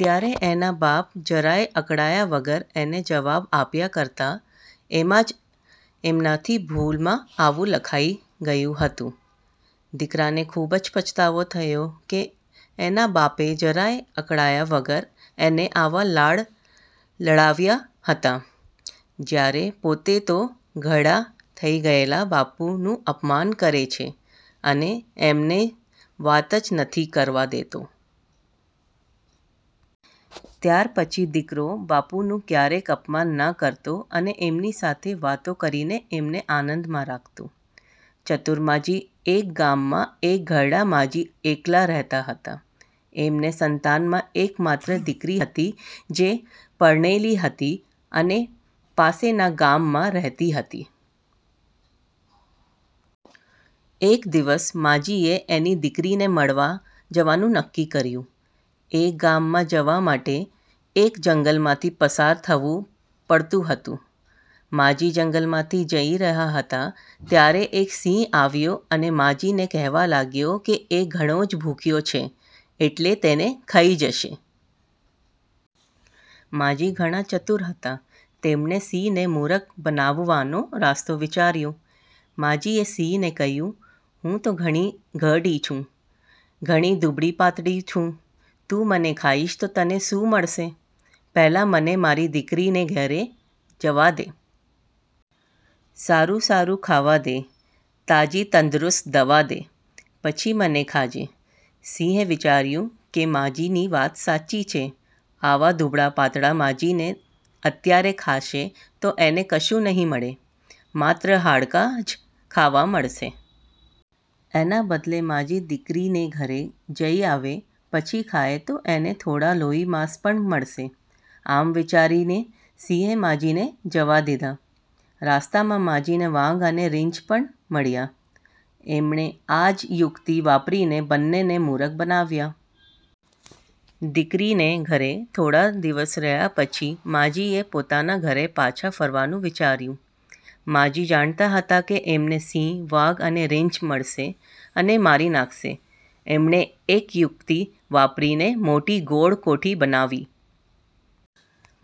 ત્યારે એના બાપ જરાયે અકળાયા વગર એને જવાબ આપ્યા કરતા એમાં જ એમનાથી ભૂલમાં આવું લખાઈ ગયું હતું. દીકરાને ખુબ જ પસ્તાવો થયો કે એના બાપે જરાયે અકળાયા વગર એને આવા લાડ લડાવ્યા હતા જયારે પોતે તો ઘરડા થઇ ગયેલા બાપૂનું અપમાન કરે છે અને એમને વાત જ નથી કરવા દેતો. ત્યાર પછી દીકરો બાપનું ક્યારેય અપમાન ન કરતો અને એમની સાથે વાતો કરીને એમને આનંદમાં રાખતો. ચતુર માજી એક ગામમાં એક ઘરડા માજી એકલાં રહેતાં હતાં. એમને સંતાનમાં એક માત્ર દીકરી હતી જે પરણેલી હતી અને પાસેના ગામમાં રહેતી હતી. એક દિવસ માજીએ એની દીકરીને મળવા જવાનું નક્કી કર્યું. એ ગામમાં જવા માટે એક જંગલમાંથી પસાર થવું પડતું હતું. માજી જંગલમાંથી જઈ રહ્યાં હતાં ત્યારે એક સિંહ આવ્યો અને માજી ને કહેવા લાગ્યો કે એ ઘણો જ ભૂખ્યો છે એટલે તેને ખઈ જશે. માજી ઘણા ચતુર હતા. તેમણે સિંહને મૂરખ બનાવવાનો રાસ્તો વિચાર્યો. માજીએ સિંહને કહ્યું: "હું તો ઘણી ઘરડી છું. ઘણી દૂબળી-પાતળી છું. તું મને ખાઇશ તો તને શું મળશે? પહેલાં મને મારી દીકરીને ઘરે જવાદે. સારું સારું ખાવા દે. તાજી તંદુરસ્ત દવા દે. પછી મને ખાજે". સિંહે વિચાર્યું કે માજીની વાત સાચી છે. આવા દૂબળા-પાતળા માજીને અત્યારે ખાશે તો એને કશું નહિ મળે. માત્ર હાડકાં જ ખાવા મળશે. એના બદલે માજી દીકરીને ઘરે જઈ આવે પછી ખાય તો એને થોડાં લોહી-માંસ પણ મળશે. આમ વિચારીને સિંહે માજીને જવા દીધા. રાસ્તામાં માજીને વાંઘ અને રીંછ પણ મળ્યા. એમણે આ જ યુક્તિ વાપરીને બંનેને મૂરખ બનાવ્યા. દીકરીને ઘરે થોડા દિવસ રહ્યા પછી માજીએ પોતાના ઘરે પાછા ફરવાનું વિચાર્યું. માજી જાણતાં હતાં કે એમને સિંહ, વાઘ અને રીંછ મળશે અને મારી નાખશે. એમણે એક યુક્તિ વાપરીને મોટી ગોળ કોઠી બનાવી.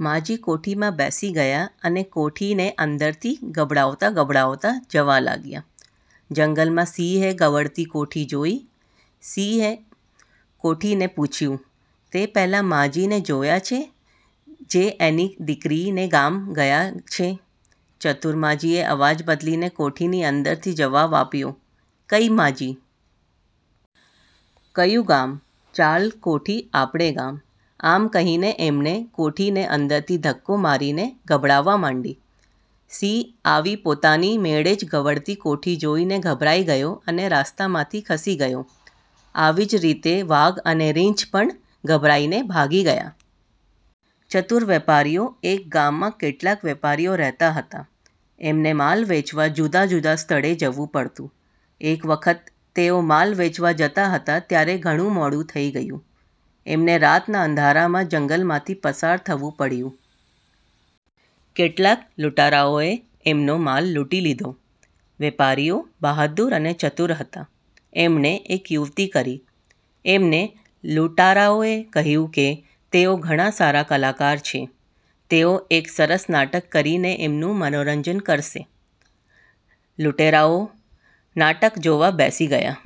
માજી કોઠીમાં બેસી ગયા અને કોઠીને અંદરથી ગબડાવતા ગબડાવતા જવા લાગ્યા. જંગલમાં સિંહે કવડતી કોઠી જોઈ. સિંહે કોઠીને પુછ્યું: "તેં પેલા માજીને જોયા છે જે એની દીકરીને ગામ ગયા છે? ". ચતુર માજીએ અવાજ બદલીને કોઠીની અંદરથી જવાબ આપ્યો: "કઈ માજી? કયું ગામ? ચાલ કોઠી આપણે ગામ... ". આમ કહીને એમને કોઠીને અંદરથી ધક્કો મારીને ગબડાવવા માંડી. સિંહ આવી પોતાની મેળે જ ગબડતી કોઠી જોઇને ગભરાઈ ગયો અને રાસ્તામાંથી ખસી ગયો. આવી જ રીતે વાઘ અને રીંછ પણ ગભરાઈને ભાગી ગયા. ચતુર વેપારીઓ એક ગામમાં કેટલાક વેપારીઓ રહેતા હતા. એમને માલ વેંચવા જુદા જુદા સ્થળે જવું પડતું. એક વખત તેઓ માલ વેંચવા જતા હતા ત્યારે ઘણું મોડું થઇ ગયું. એમને રાતના અંધારામાં જંગલમાંથી પસાર થવું પડ્યું. કેટલાક લૂંટારાઓએ એમનો માલ લૂંટી લીધો. વેપારીઓ બહાદુર અને ચતુર હતા. એમણે એક યુક્તિ કરી. એમણે લૂંટારાઓને કહ્યુંકે તેઓ ઘણા સારા કલાકાર છે. તેઓ એક સરસ નાટક કરીને એમનું મનોરંજન કરશે. લૂંટેરાઓ નાટક જોવા બેસી ગયા.